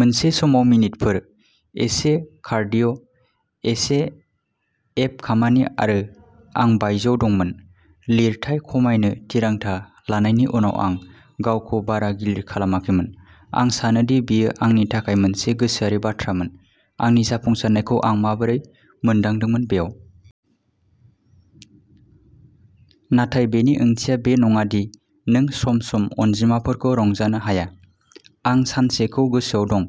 मोनसे समाव मिनिटफोर। एसे कारडिय', एसे एब खामानि आरो आं बायजोआव दंमोन। लिरथाय खमायनो थिरांथा लानायनि उनाव आं गावखौ बारा गिलिर खालामाखैमोन। आं सानोदि बेयो आंनि थाखाय मोनसे गोसोआरि बाथ्रामोन। आंनि जाफुंसारनायखौ आं माबोरै मोनदांदोंमोन बेयाव नाथाय बेनि ओंथिया बे नङा दि नों सम-सम अनजिमाफोरखौ रंजानो हाया। आं सानसेखौ गोसोआव दं।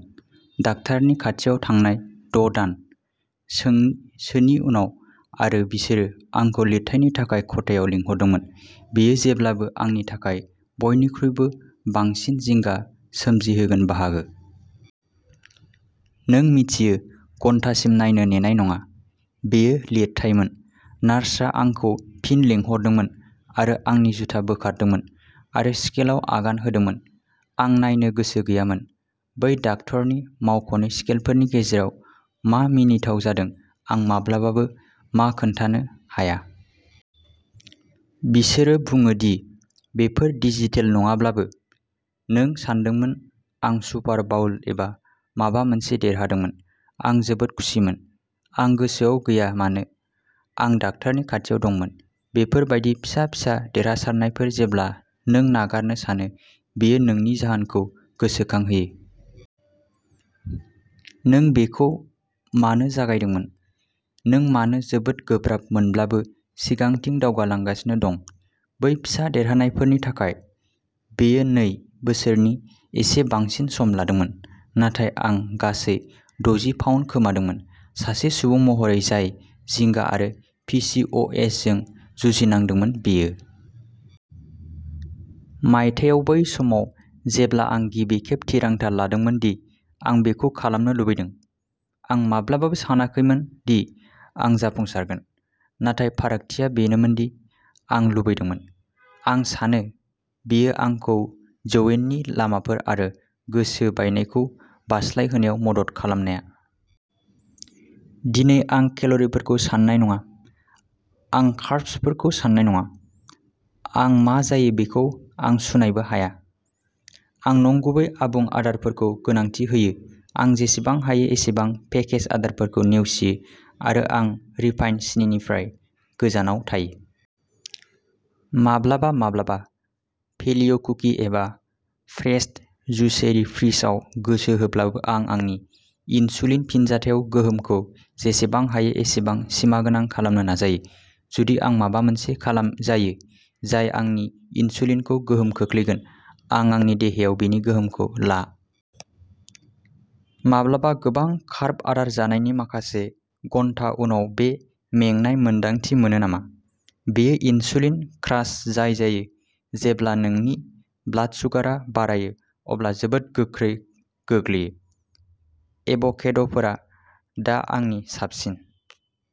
दाकतारनि खाथियाव थांनाय द’ दान सों सोनि उनाव आरो बिसोरो आंखौ लिरथायनि थाखाय खथायाव लिंहरदोंमोन। बेयो जेब्लाबो आंनि थाखाय बयनिख्रुइबो बांसिन जिंगा सोमजिहोगोन बाहागोमोन। नों मिथियो घन्टासिम नायनो नेनाय नङा। बेयो लिरथायमोन। नार्सआ आंखौ फिन लिंहरदोंमोन आरो आंनि जुथा बोखारदोंमोन आरो स्केलआव आगान होदोंमोन। आं नायनो गोसो गैयामोन। बै दाकतरनि मावख'नि स्केलफोरनि गेजेराव मा मिनिथाव जादों आं माब्लाबाबो मा खोनथानो हाया। बिसोरो बुङो दि बेफोर डिजिटेल नङाब्लाबो। नों सानदोंमोन आं सुपार बाउल एबा माबा मोनसे देरहादोंमोन। आं जोबोद खुसिमोन। आं गोसोआव गैया मानो आं डाक्टारनि खाथियाव दंमोन। बेफोर बायदि फिसा फिसा देरहासारनायफोर जेब्ला नों नागारनो सानो बेयो नोंनि जाहोनखौ गोसोखांहोयो। नों बेखौ मानो जागायदोंमोन। नों मानो जोबोद गोब्राब मोनब्लाबो सिगांथिं दावगालांगासिनो दं। बै फिसा देरहासारनायफोरनि थाखाय। बेयो नै बोसोरनि एसे बांसिन सम लादोंमोन। नाथाय आं गासै दजि पाउन्द खोमादोंमोन। सासे सुबुं महरै जाय जिंगा आरो पि चि अ एस जों जुजिनांदोंमोन बेयो । मायथाइयाव बै समाव जेब्ला आं गिबि खेब थिरांथा लादोंमोन दि आं बेखौ खालामनो लुबैदों। आं माब्लाबाबो सानाखैमोनदि आं जाफुंसारगोन। नाथाय फारागथिया बेनोमोनदि आं लुबैदोंमोन। आं सानो, बेयो आंखौ जौयेननि लामाफोर आरो गोसो बायनायखौ बारस्लायहोनायाव मदद खालामनाया दिनै आं केल'रिफोरखौ साननाय नङा। आं कार्बसफोरखौ साननाय नङा। आं मा जायो बेखौ आं सुनायबो हाया। आं नंगुबै आबुं आदारफोरखौ गोनांथि होयो। आं जेसेबां हायो एसेबां पेकेज आदारफोरखौ नेवसियो आरो आं रिफाइन्ड सिनिनिफ्राय गोजानाव थायो। माब्लाबा-माब्लाबा पेलिय'कुकि एबा प्रेस्ड जुसेरि फ्रिजआव गोसो होब्लाबो आं आंनि इनसुलिन फिनजाथायाव गोहोमखौ जेसेबां हायो एसेबां सिमागोनां खालामनो नाजायो। जुदि आं माबा मोनसे खालामजायो जाय आंनि इनसुलिनखौ गोहोम खोख्लैगोन। आं आंनि देहायाव बेनि गोहोमखौ ला माब्लाबा गोबां कार्ब आदार जानायनि माखासे घन्टा उनाव बे मेंनाय मोन्दांथि मोनो नामा? बेयो इनसुलिन क्रास जाय जायो जेब्ला नोंनि ब्लाड सुगारआ बारायो अब्ला जोबोद गोख्रै गोग्लैयो। एभ'केड'फोरा दा आंनि साबसिन।